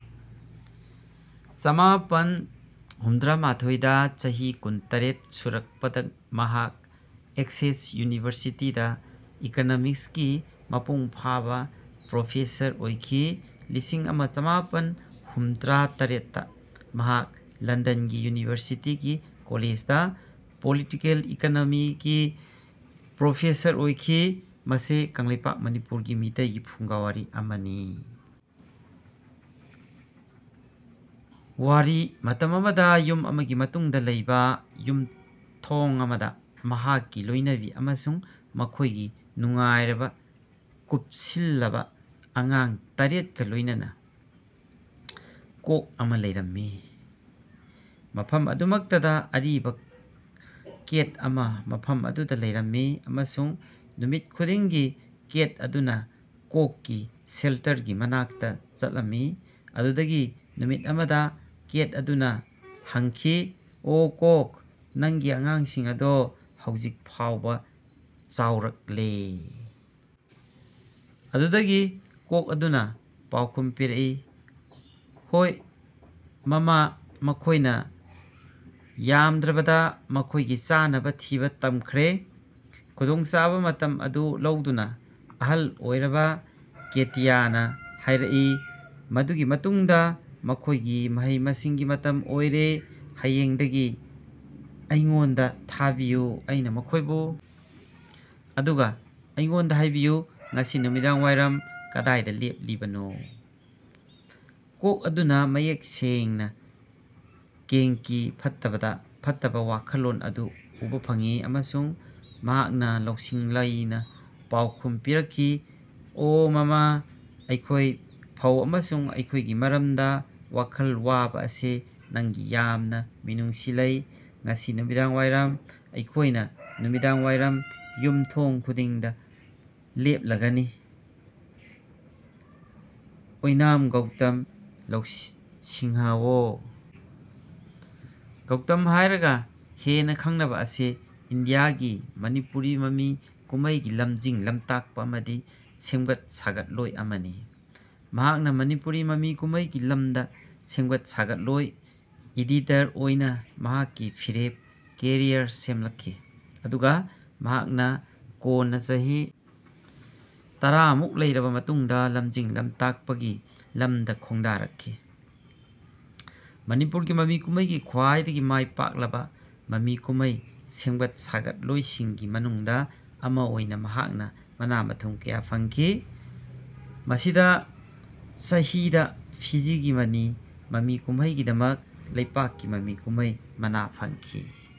ꯆꯃꯥꯄꯟ ꯍꯨꯝꯗ꯭ꯔꯥ ꯃꯥꯊꯣꯏꯗꯥ ꯆꯍꯤ ꯀꯨꯟꯇꯔꯦꯠ ꯁꯨꯔꯛꯄꯗꯥ ꯃꯍꯥꯛ ꯑꯦꯁꯦꯛꯁ ꯌꯨꯅꯤꯚꯔꯁꯤꯇꯤꯗꯥ ꯏꯀꯣꯅꯣꯃꯤꯛꯁꯀꯤ ꯃꯄꯨꯡ ꯐꯥꯕꯥ ꯄ꯭ꯔꯣꯐꯦꯁꯔ ꯑꯣꯏꯈꯤ꯫ ꯂꯤꯁꯤꯡ ꯑꯃ ꯆꯃꯥꯄꯟ ꯍꯨꯝꯗ꯭ꯔꯥ ꯇꯔꯦꯠꯇꯥ ꯃꯍꯥꯛ ꯂꯟꯗꯟꯒꯤ ꯌꯨꯅꯤꯚꯔꯁꯤꯇꯤ ꯀꯣꯂꯦꯖꯗꯥ ꯄꯣꯂꯤꯇꯤꯀꯦꯜ ꯏꯀꯣꯅꯣꯃꯤꯒꯤ ꯄ꯭ꯔꯣꯐꯦꯁꯔ ꯑꯣꯏꯈꯤ꯫ ꯃꯁꯤ ꯀꯪꯂꯩꯄꯥꯛ ꯃꯅꯤꯄꯨꯔꯒꯤ ꯃꯤꯇꯩꯒꯤ ꯐꯨꯡꯒꯥꯋꯥꯔꯤ ꯑꯃꯅꯤ꯫ ꯋꯥꯔꯤ ꯃꯇꯝ ꯑꯃꯗꯥ ꯌꯨꯝ ꯑꯃꯒꯤ ꯃꯇꯨꯡꯗꯥ ꯂꯩꯕꯥ ꯌꯨꯝꯊꯣꯡ ꯑꯃꯗꯥ ꯃꯍꯥꯛꯀꯤ ꯂꯣꯏꯅꯕꯤ ꯑꯃꯁꯨꯡ ꯃꯈꯣꯏꯒꯤ ꯅꯨꯡꯉꯥꯏꯔꯕꯥ ꯀꯨꯞꯁꯤꯜꯂꯕꯥ ꯑꯉꯥꯡ ꯇꯔꯦꯠꯀꯥ ꯂꯣꯏꯅꯅꯥ ꯀꯣꯛ ꯑꯃꯥ ꯂꯩꯔꯝꯃꯤ꯫ ꯃꯐꯝ ꯑꯗꯨꯃꯛꯇꯗꯥ ꯑꯔꯤꯕꯥ ꯀꯦꯠ ꯑꯃ ꯃꯐꯝ ꯑꯗꯨꯗꯥ ꯂꯩꯔꯝꯃꯤ ꯑꯃꯁꯨꯡ ꯅꯨꯃꯤꯠ ꯈꯨꯗꯤꯡꯒꯤ ꯀꯦꯠ ꯑꯗꯨꯅꯥ ꯀꯣꯛꯀꯤ ꯁꯦꯜꯇꯔꯒꯤ ꯃꯅꯥꯛꯇꯥ ꯆꯠꯂꯝꯃꯤ꯫ ꯑꯗꯨꯗꯒꯤ ꯅꯨꯃꯤꯠ ꯑꯃꯗꯥ ꯀꯦꯠ ꯑꯗꯨꯅꯥ ꯍꯪꯈꯤ ꯑꯣ ꯀꯣꯛ ꯅꯪꯒꯤ ꯑꯉꯥꯡꯁꯤꯡ ꯑꯗꯨ ꯍꯧꯖꯤꯛ ꯐꯥꯎꯕꯥ ꯆꯥꯎꯔꯛꯂꯦ? ꯑꯗꯨꯗꯒꯤ ꯀꯣꯛ ꯑꯗꯨꯅꯥ ꯄꯥꯎꯈꯨꯝ ꯄꯤꯔꯛꯏ ꯍꯣꯏ ꯃꯥꯃꯥ ꯃꯈꯣꯏꯅꯥ ꯌꯥꯝꯗ꯭ꯔꯕꯗꯥ ꯃꯈꯣꯏꯒꯤ ꯆꯥꯅꯕꯥ ꯊꯤꯕꯥ ꯇꯝꯈ꯭ꯔꯦ"꯫ ꯈꯨꯗꯣꯡꯆꯥꯕꯥ ꯃꯇꯝ ꯑꯗꯨ ꯂꯧꯗꯨꯅꯥ ꯑꯍꯜ ꯑꯣꯏꯔꯕꯥ ꯀꯦꯇꯤꯌꯥꯅꯥ ꯍꯥꯏꯔꯛꯏ ꯃꯗꯨꯒꯤ ꯃꯇꯨꯡꯗꯥ ꯃꯈꯣꯏꯒꯤ ꯃꯍꯩ ꯃꯁꯤꯡꯒꯤ ꯃꯇꯝ ꯑꯣꯏꯔꯦ ꯍꯌꯦꯡꯗꯒꯤ ꯑꯩꯉꯣꯟꯗꯥ ꯊꯥꯕꯤꯌꯨ ꯑꯩꯅꯥ ꯃꯈꯣꯏꯕꯨ ꯑꯗꯨꯒꯥ ꯑꯩꯉꯣꯟꯗꯥ ꯍꯥꯏꯕꯤꯌꯨ ꯉꯁꯤ ꯅꯨꯃꯤꯗꯥꯡꯋꯥꯏꯔꯝ ꯀꯗꯥꯏꯗꯥ ꯂꯦꯞꯂꯤꯕꯅꯣ? ꯀꯣꯛ ꯑꯗꯨꯅꯥ ꯃꯌꯦꯛ ꯁꯦꯡꯅꯥ ꯀꯦꯡꯀꯤ ꯐꯠꯇꯕꯥ ꯋꯥꯈꯜꯂꯣꯟ ꯑꯗꯨ ꯎꯕꯥ ꯐꯪꯏ ꯑꯃꯁꯨꯡ ꯃꯍꯥꯛꯅꯥ ꯂꯧꯁꯤꯡ ꯂꯩꯅꯥ ꯄꯥꯎꯈꯨꯝ ꯄꯤꯔꯛꯈꯤ ꯑꯣ ꯃꯥꯃꯥ ꯑꯩꯈꯣꯏ ꯐꯩ ꯑꯃꯁꯨꯡ ꯑꯩꯈꯣꯏꯒꯤ ꯃꯔꯝꯗꯥ ꯋꯥꯈꯜ ꯋꯥꯕꯥ ꯑꯁꯤ ꯅꯪꯒꯤ ꯌꯥꯝꯅꯥ ꯃꯤꯅꯨꯡꯁꯤ ꯂꯩ ꯉꯁꯤ ꯅꯨꯃꯤꯗꯥꯡꯋꯥꯏꯔꯝ ꯑꯩꯈꯣꯏꯅꯥ ꯅꯨꯃꯤꯗꯥꯡꯋꯥꯏꯔꯝ ꯌꯨꯝꯊꯣꯡ ꯈꯨꯗꯤꯡꯗꯥ ꯂꯦꯞꯂꯒꯅꯤ꯫ ꯑꯣꯢꯅꯥꯝ ꯒꯧꯇꯝ ꯁꯤꯡꯍ ꯑꯣ. ꯒꯧꯇꯝ ꯍꯥꯢꯔꯒ ꯍꯦꯟꯅ ꯈꯪꯅꯕ ꯑꯁꯤ ꯏꯟꯗꯤꯌꯥꯒꯤ ꯃꯅꯤꯄꯨꯔꯤ ꯃꯃꯤ ꯀꯨꯝꯃꯩꯒꯤ ꯂꯝꯖꯤꯡ ꯂꯝꯇꯥꯛꯄ ꯑꯃꯗꯤ ꯁꯦꯝꯒꯠ ꯁꯥꯒꯠꯂꯣꯢ ꯑꯃꯅꯤ꯫ ꯃꯍꯥꯛꯅ ꯃꯅꯤꯄꯨꯔꯤ ꯃꯃꯤ ꯀꯨꯝꯃꯩ ꯒꯤ ꯂꯝꯗ ꯁꯦꯝꯒꯠ ꯁꯥꯒꯠꯂꯣꯢ ꯏꯗꯤꯇꯔ ꯑꯣꯢꯅ ꯃꯍꯥꯛꯀꯤ ꯐꯤꯔꯦꯞ ꯀꯦꯔꯤꯌꯔ ꯁꯦꯝꯂꯛꯈꯤ꯫ ꯑꯗꯨꯒ ꯃꯍꯥꯛꯅ ꯀꯣꯟꯅ ꯆꯍꯤ ꯇꯔꯥꯃꯨꯛ ꯂꯩꯔꯕ ꯃꯇꯨꯡꯗ ꯂꯝꯖꯤꯡ ꯂꯝꯇꯥꯛꯄ ꯒꯤ ꯂꯝꯗ ꯈꯣꯡꯗꯥꯔꯛꯈꯤ꯫ ꯃꯅꯤꯄꯨꯔꯒꯤ ꯃꯃꯤ ꯀꯨꯝꯃꯩꯒꯤ ꯈ꯭ꯋꯥꯢꯗꯒꯤ ꯃꯥꯢꯄꯥꯛꯂꯕ ꯃꯃꯤ ꯀꯨꯝꯃꯩ ꯁꯦꯝꯒꯠ ꯁꯥꯒꯠꯂꯣꯢꯁꯤꯡꯒꯤ ꯃꯅꯨꯡꯗ ꯑꯃ ꯑꯥꯢꯅ ꯃꯍꯥꯛꯅ ꯃꯅꯥ ꯃꯊꯨꯝ ꯀꯌꯥ ꯐꯪꯈꯤ꯫ ꯃꯁꯤꯗ ꯆꯍꯤꯗ ꯐꯤꯖꯤꯒꯤ ꯃꯅꯤ ꯃꯃꯤ ꯀꯨꯝꯃꯩꯒꯤꯗꯃꯛ ꯂꯩꯄꯥꯛꯀꯤ ꯃꯃꯤ ꯀꯨꯝꯃꯩ ꯃꯅꯥ ꯐꯪꯈꯤ꯫